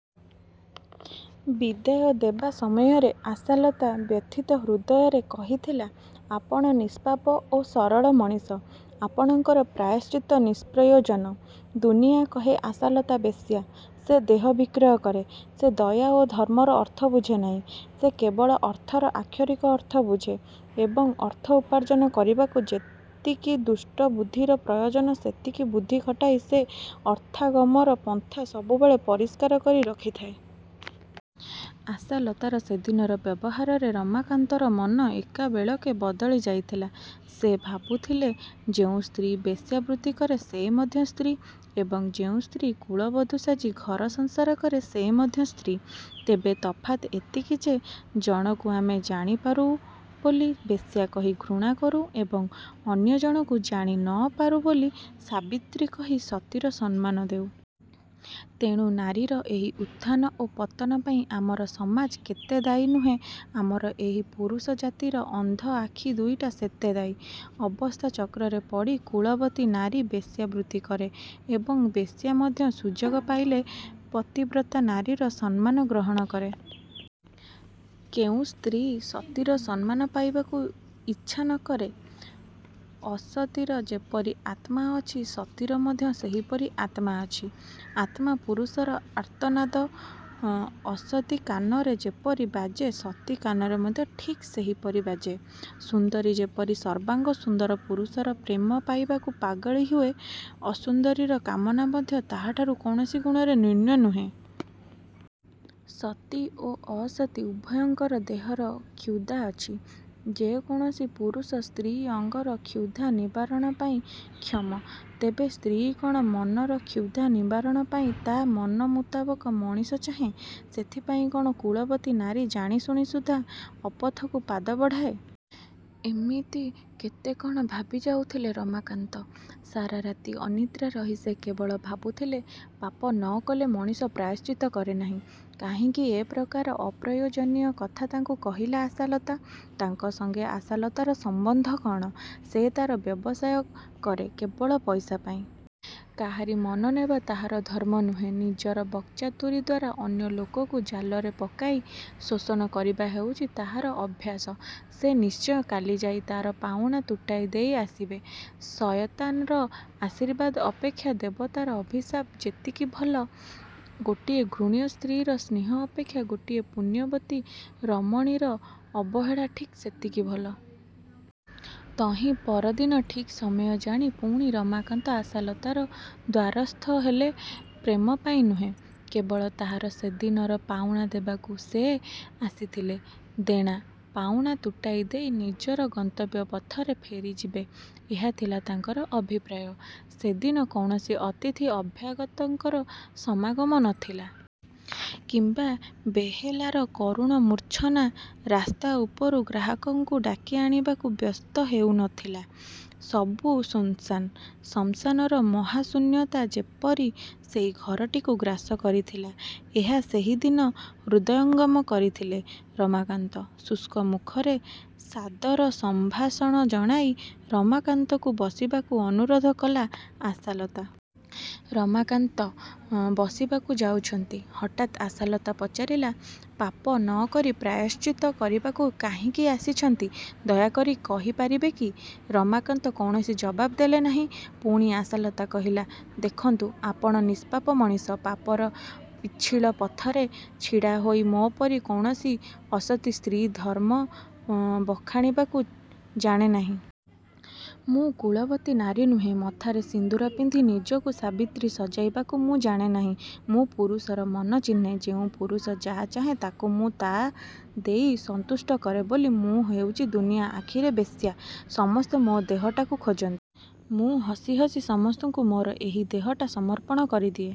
ବିଦାୟ ଦେବା ସମୟରେ ଆଶାଲତା ବ୍ୟଥିତ ହୃଦୟରେ କହିଥିଲା ''ଆପଣ ନିଷ୍ପାପ ଓ ସରଳ ମଣିଷ। ଆପଣଙ୍କର ପ୍ରାୟଶ୍ଚିତ ନିଷ୍ପ୍ରୟୋଜନ। '' ଦୁନିଆ କହେ ଆଶାଲତା ବେଶ୍ୟା। ସେ ଦେହ ବିକ୍ରୟ କରେ। ସେ ଦୟା ଓ ଧର୍ମର ଅର୍ଥ ବୁଝେନାହିଁ। ସେ କେବଳ ଅର୍ଥର ଆକ୍ଷରିକ ଅର୍ଥ ବୁଝେ ଏବଂ ଅର୍ଥ ଉପାର୍ଜନ କରିବାକୁ ଯେତିକି ଦୁଷ୍ଟ ବୁଦ୍ଧିର ପ୍ରୟୋଜନ ସେତିକି ବୁଦ୍ଧି ଖଟାଇ ସେ ଅର୍ଥାଗମର ପନ୍ଥା ସବୁବେଳେ ପରିଷ୍କାର କରି ରଖିଥାଏ। ଆଶାଲତାର ସେଦିନର ବ୍ୟବହାରରେ ରମାକାନ୍ତର ମନ ଏକାବେଳକେ ବଦଳି ଯାଇଥିଲା। ସେ ଭାବୁଥିଲେ ଯେଉଁ ସ୍ତ୍ରୀ ବେଶ୍ୟାବୃତ୍ତି କରେ ସେ ମଧ୍ୟ ସ୍ତ୍ରୀ ଏବଂ ଯେଉଁ ସ୍ତ୍ରୀ କୁଳବଧୂ ସାଜି ଘରସଂସାର କରେ ସେ ମଧ୍ୟ ସ୍ତ୍ରୀ। ତେବେ ତଫାତ୍ ଏତିକି ଯେ ଜଣକୁ ଆମେ ଜାଣିପାରୁ ବୋଲି ବେଶ୍ୟା କହି ଘୃଣାକରୁ ଏବଂ ଅନ୍ୟଜଣକୁ ଜାଣିନପାରୁ ବୋଲି ସାବିତ୍ରୀ କହି ସତୀର ସମ୍ମାନ ଦେଉ। ତେଣୁ ନାରୀର ଏହି ଉତ୍ଥାନ ଓ ପତନ ପାଇଁ ଆମର ସମାଜ କେତେ ଦାୟୀ ନୁହେଁ ଆମର ଏହି ପୁରୁଷ ଜାତିର ଅନ୍ଧ ଆଖି ଦୁଇଟା ସେତେ ଦାୟୀ। ଅବସ୍ଥାଚକ୍ରରେ ପଡ଼ି କୁଳବତୀ ନାରୀ ବେଶ୍ୟାବୃତ୍ତି କରେ ଏବଂ ବେଶ୍ୟା ମଧ୍ୟ ସୁଯୋଗ ପାଇଲେ ପତିବ୍ରତା ନାରୀର ସମ୍ମାନ ଗ୍ରହଣ କରେ। କେଉଁ ସ୍ତ୍ରୀ ସତୀର ସମ୍ମାନ ପାଇବାକୁ ଇଚ୍ଛାନକରେ? ଅସତୀର ଯେପରି ଆତ୍ମା ଅଛି ସତୀର ମଧ୍ୟ ସେହିପରି ଆତ୍ମା ଅଛି। ଆତ୍ମା ପୁରୁଷର ଆର୍ତ୍ତନାଦ ଅସତୀ କାନରେ ଯେପରି ବାଜେ ସତୀ କାନରେ ମଧ୍ୟ ଠିକ୍ ସେହିପରି ବାଜେ-। ସୁନ୍ଦରୀ ଯେପରି ସର୍ବାଙ୍ଗ ସୁନ୍ଦର ପୁରୁଷର ପ୍ରେମ ପାଇବାକୁ ପାଗଳୀ ହୁଏ ଅସୁନ୍ଦରୀର କାମନା ମଧ୍ୟ ତାହାଠାରୁ କୌଣସି ଗୁଣରେ ନ୍ୟୁନ ନୁହେଁ। ସତୀ ଓ ଅସତୀ ଉଭୟଙ୍କର ଦେହର କ୍ଷୁଦା ଅଛି। ଯେକୌଣସି ପୁରୁଷ ସ୍ତ୍ରୀ ଅଙ୍ଗର କ୍ଷୁଧା ନିବାରଣ ପାଇଁ କ୍ଷମ। ତେବେ ସ୍ତ୍ରୀ କ'ଣ ମନର କ୍ଷୁଧା ନିବାରଣ ପାଇଁ ତା' ମନ ମୁତାବକ ମଣିଷ ଚାହେଁ? ସେଥିପାଇଁ କ'ଣ କୁଳବତୀ ନାରୀ ଜାଣିଶୁଣି ସୁଦ୍ଧା ଅପଥକୁ ପାଦ ବଢ଼ାଏ? ଏମିତି କେତେ କ'ଣ ଭାବି ଯାଉଥିଲେ ରମାକାନ୍ତ। ସାରା ରାତି ଅନିଦ୍ରା ରହି ସେ କେବଳ ଭାବୁଥିଲେ ପାପ ନକଲେ ମଣିଷ ପ୍ରାୟଶ୍ଚିତ କରେନାହିଁ। କାହିଁକି ଏ ପ୍ରକାର ଅପ୍ରୟୋଜନୀୟ କଥା ତାଙ୍କୁ କହିଲା ଆଶାଲତା? ତାଙ୍କ ସଙ୍ଗେ ଆଶାଲତାର ସମ୍ବନ୍ଧ କ'ଣ? ସେ ତା'ର ବ୍ୟବସାୟ କରେ କେବଳ ପଇସା ପାଇଁ। କାହାରି ମନ ନେବା ତାହାର ଧର୍ମ ନୁହେଁ। ନିଜର ବାକ୍ଚାତୁରୀଦ୍ୱାରା ଅନ୍ୟ ଲୋକକୁ ଜାଲରେ ପକାଇ ଶୋଷଣ କରିବା ହେଉଛି ତାହାର ଅଭ୍ୟାସ। ସେ ନିଶ୍ଚୟ କାଲି ଯାଇ ତା'ର ପାଉଣା ତୁଟାଇଦେଇ ଆସିବେ। ଶୟତାନର ଆଶୀର୍ବାଦ ଅପେକ୍ଷା ଦେବତାର ଅଭିଶାପ ଯେତିକି ଭଲ ଗୋଟିଏ ଘୃଣ୍ୟା ସ୍ତ୍ରୀର ସ୍ନେହ ଅପେକ୍ଷା ଗୋଟିଏ ପୁଣ୍ୟବତୀ ରମଣୀର ଅବହେଳା ଠିକ୍ ସେତିକି ଭଲ। ତହିଁ ପରଦିନ ଠିକ୍ ସମୟ ଜାଣି ପୁଣି ରମାକାନ୍ତ ଆଶାଲତାର ଦ୍ୱାରସ୍ଥ ହେଲେ ପ୍ରେମ ପାଇଁ ନୁହେଁ। କେବଳ ତାହାର ସେଦିନର ପାଉଣା ଦେବାକୁ ସେ ଆସିଥିଲେ। ଦେଣା, ପାଉଣା ତୁଟାଇଦେଇ ନିଜର ଗନ୍ତବ୍ୟ ପଥରେ ଫେରିଯିବେ ଏହାଥିଲା ତାଙ୍କର ଅଭିପ୍ରାୟ। ସେଦିନ କୌଣସି ଅତିଥି ଅଭ୍ୟାଗତଙ୍କର ସମାଗମ ନ ଥିଲା। କିମ୍ବା ବେହେଲାର କରୁଣ ମୂର୍ଚ୍ଛନା ରାସ୍ତା ଉପରୁ ଗ୍ରାହକକୁ ଡାକି ଆଣିବାକୁ ବ୍ୟସ୍ତ ହେଉନଥିଲା। ସବୁ ଶୂନ୍ଶାନ। ଶ୍ମଶାନର ମହାଶୂନ୍ୟତା ଯେପରି ସେହି ଘରଟିକୁ ଗ୍ରାସ କରିଥିଲା ଏହା ସେହିଦିନ ହୃଦୟଙ୍ଗମ କରିଥିଲେ ରମାକାନ୍ତ। ଶୁଷ୍କ ମୁଖରେ ସାଦର ସମ୍ଭାଷଣ ଜଣାଇ ରମାକାନ୍ତଙ୍କୁ ବସିବାକୁ ଅନୁରୋଧ କଲା ଆଶାଲତା। ରମାକାନ୍ତ ବସିବାକୁ ଯାଉଛନ୍ତି, ହଠାତ୍ ଆଶାଲତା ପଚାରିଲା, ''ପାପ ନ କରି ପ୍ରାୟଶ୍ଚିତ୍ତ କରିବାକୁ କାହିଁକି ଆସିଛନ୍ତି ଦୟାକରି କହିପାରିବେ କି? '' ରମାକାନ୍ତ କୌଣସି ଜବାବ୍ ଦେଲେନାହିଁ। ପୁଣି ଆଶାଲତା କହିଲା, ''ଦେଖନ୍ତୁ, ଆପଣ ନିଷ୍ପାପ ମଣିଷ। ପାପର ପିଚ୍ଛିଳ ପଥରେ ଛିଡ଼ାହୋଇ ମୋ ପରି କୌଣସି ଅସତୀ ସ୍ତ୍ରୀ ଧର୍ମ ବଖାଣିବାକୁ ଜାଣେନାହିଁ। ମୁଁ କୁଳବତୀ ନାରୀ ନୁହେଁ। ମଥାରେ ସିନ୍ଦୂର ପିନ୍ଧି ନିଜକୁ ସାବିତ୍ରୀ ସଜାଇବାକୁ ମୁଁ ଜାଣେନାହିଁ। ମୁଁ ପୁରୁଷର ମନ ଚିହ୍ନେ। ଯେଉଁ ପୁରୁଷ ଯାହା ଚାହେଁ ତାକୁ ମୁଁ ତାହା ଦେଇ ସନ୍ତୁଷ୍ଟ କରେ ବୋଲି ମୁଁ ହୋଇଛି ଦୁନିଆ ଆଖିରେ ବେଶ୍ୟା। ସମସ୍ତେ ମୋର ଦେହଟାକୁ ଖୋଜନ୍ତି। ମୁଁ ହସି ହସି ସମସ୍ତଙ୍କୁ ମୋର ଏହି ଦେହଟା ସମର୍ପଣ କରିଦିଏ।